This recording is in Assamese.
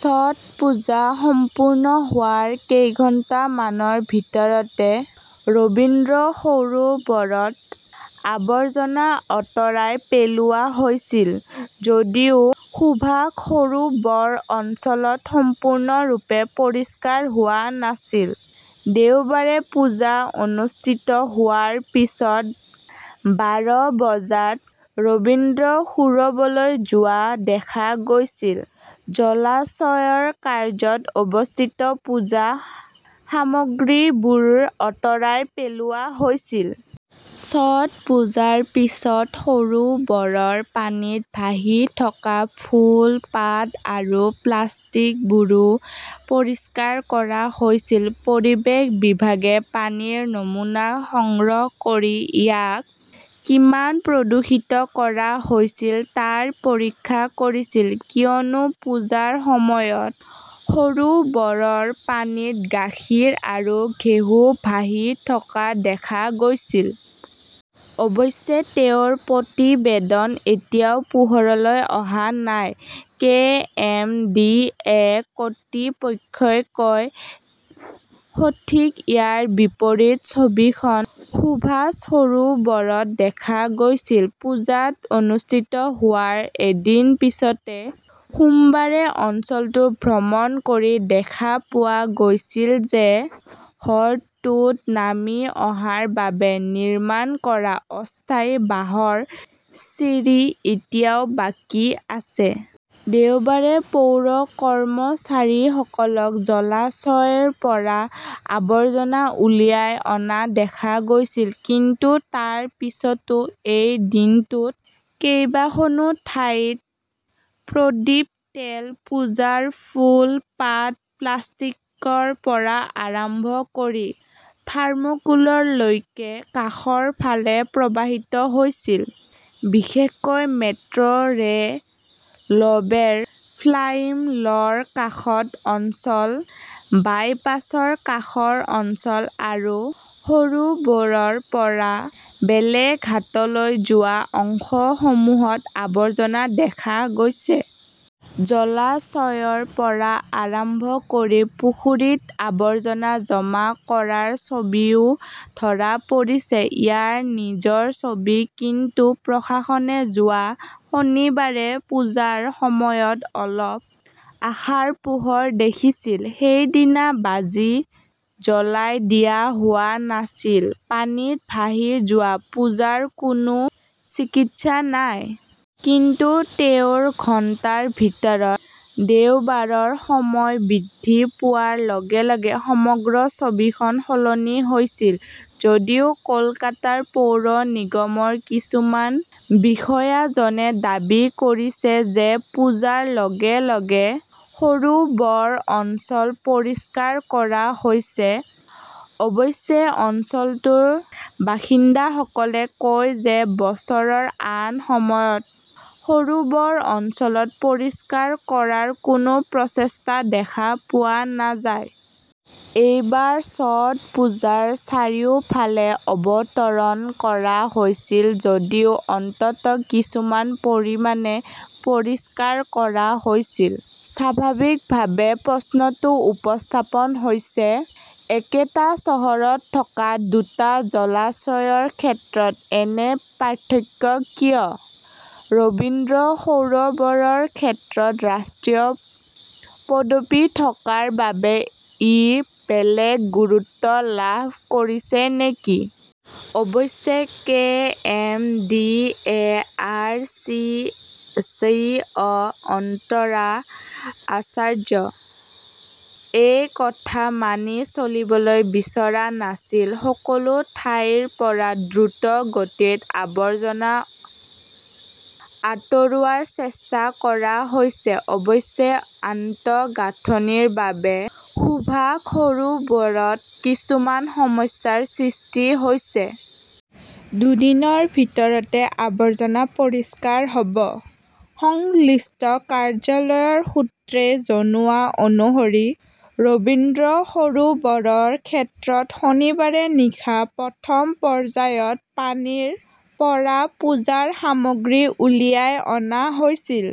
ছঠপুজা সম্পূৰ্ণ হোৱাৰ কেইঘণ্টামানৰ ভিতৰতে ৰবীন্দ্ৰ সৰোবৰত আৱৰ্জনা আঁতৰাই পেলোৱা হৈছিল যদিও সুভাষ সৰোবৰ অঞ্চল সম্পূৰ্ণৰূপে পৰিষ্কাৰ হোৱা নাছিল। দেওবাৰে পূজা অনুষ্ঠিত হোৱাৰ পিছত বাৰ বজাত ৰবীন্দ্ৰ সৰোবৰলৈ যোৱা দেখা গৈছিল। জলাশয়ৰ কাষত অৱস্থিত পূজা সামগ্ৰীবোৰ আঁতৰাই পেলোৱা হৈছিল। ছটপুজাৰ পিছত সৰোবৰৰ পানীত ভাহি থকা ফুল, পাত আৰু প্লাষ্টিকবোৰো পৰিষ্কাৰ কৰা হৈছে। পৰিৱেশ বিভাগে পানীৰ নমুনা সংগ্ৰহ কৰি ইয়াক কিমান প্ৰদূষিত কৰা হৈছিল তাৰ পৰীক্ষা কৰিছিল কিয়নো পূজাৰ সময়ত সৰোবৰৰ পানীত গাখীৰ আৰু ঘেঁহু ভাহি থকা দেখা গৈছিল। অৱশ্যে তেওঁৰ প্ৰতিবেদন এতিয়াও পোহৰলৈ অহা নাই কে.এম.ডি.এ কৰ্তৃপক্ষই কয়। ঠিক ইয়াৰ বিপৰীত ছবিখন সুভাষ সৰোবৰত দেখা গৈছিল। পূজা অনুষ্ঠিত হোৱাৰ এদিন পিছতে সোমবাৰে অঞ্চলটো ভ্ৰমণ কৰি দেখা পোৱা গৈছিল যে হ্ৰদটোত নামি অহাৰ বাবে নিৰ্মাণ কৰা অস্থায়ী বাঁহৰ চিৰি এতিয়াও বাকী আছে। দেওবাৰে পৌৰ কৰ্মচাৰীসকলক জলাশয়ৰ পৰা আৱৰ্জনা উলিয়াই অনা দেখা গৈছিল। কিন্তু তাৰ পিছতো, এই দিনটোত কেইবাখনো ঠাইত প্ৰদীপ, তেল, পূজাৰ ফুল-পাত, প্লাষ্টিকৰ পৰা আৰম্ভ কৰি থাৰ্মোকললৈকে কাষৰ ফালে প্ৰবাহিত হৈছিল। বিশেষকৈ মেট্ৰ ৰে' লৱেৰ ফ্লাইপ লৰ কাষৰ অঞ্চল ,বাইপাছৰ কাষৰ অঞ্চল আৰু সৰোবৰৰ পৰা বেলেঘাটালৈ যোৱা অংশসমূহত আৱৰ্জনা দেখা গৈছে। জলাশয়ৰ পৰা আৰম্ভ কৰি পুখুৰীত আৱৰ্জনা জমা কৰাৰ ছবিও ধৰা পৰিছে। ইয়াৰ নিজৰ ছবি কিন্তু প্ৰশাসনে যোৱা শনিবাৰে পূজাৰ সময়ত অলপ আশাৰ পোহৰ দেখিছিল। সেইদিনা বাজি জ্বলাই দিয়া হোৱা নাছিল। পানীত ভাহি যোৱা পূজাৰ কোনো চিকিৎসা নাই। কিন্তু তেওঁৰ ঘণ্টাৰ ভিতৰত, দেওবাৰৰ সময় বৃদ্ধি পোৱাৰ লগে -লগে সমগ্ৰ ছবিখন সলনি হৈছিল। যদিও কলকাতা পৌৰ নিগমৰ কিছুমান বিষয়াজনে দাবী কৰিছে যে পূজাৰ লগে -লগে সৰোবৰ অঞ্চল পৰিষ্কাৰ কৰা হৈছে। অৱশ্যে অঞ্চলটোৰ বাসিন্দাসকলে কয় যে বছৰৰ আন সময়ত সৰোবৰ অঞ্চল পৰিষ্কাৰ কৰাৰ কোনো প্ৰচেষ্টা দেখা পোৱা নাযায়। এইবাৰ ছঠপুজাৰ চাৰিওফালে অৱতৰণ কৰা হৈছিল যদিও অন্তত কিছু পৰিমাণে পৰিষ্কাৰ কৰা হৈছিল। স্বাভাৱিকভাৱেই প্ৰশ্নটো উত্থাপন হৈছে, একেটা চহৰত থকা দুটা জলাশয়ৰ ক্ষেত্ৰত এনে পাৰ্থক্য কিয়? ৰবীন্দ্ৰ সৰোবৰৰ ক্ষেত্ৰত ৰাষ্ট্ৰীয় পদবী থকাৰ বাবে ই বেলেগ গুৰুত্ব লাভ কৰিছে নেকি? অৱশ্যে K M. D .A. R C C. O. Antara আচাৰ্যই এই কথা মানি চলিবলৈ বিচৰা নাছিল। সকলো ঠাইৰ পৰা দ্ৰুতগতিত আৱৰ্জনা আঁতৰোৱাৰ চেষ্টা কৰা হৈছে। অৱশ্যে আন্ত- গাঁথনিৰ বাবে সুভাষ সৰোবৰত কিছু সমস্যাৰ সৃষ্টি হৈছে। দুদিনৰ ভিতৰত আৱৰ্জনা পৰিষ্কাৰ কৰা হ 'ব। সংশ্লিষ্ট কাৰ্যালয়ৰ সূত্ৰই জনোৱা অনুসৰি, ৰবীন্দ্ৰ সৰোবৰৰ ক্ষেত্ৰত শনিবাৰে নিশা প্ৰথম পৰ্যায়ত পানীৰ পৰা পূজাৰ সামগ্ৰী উলিয়াই অনা হৈছিল।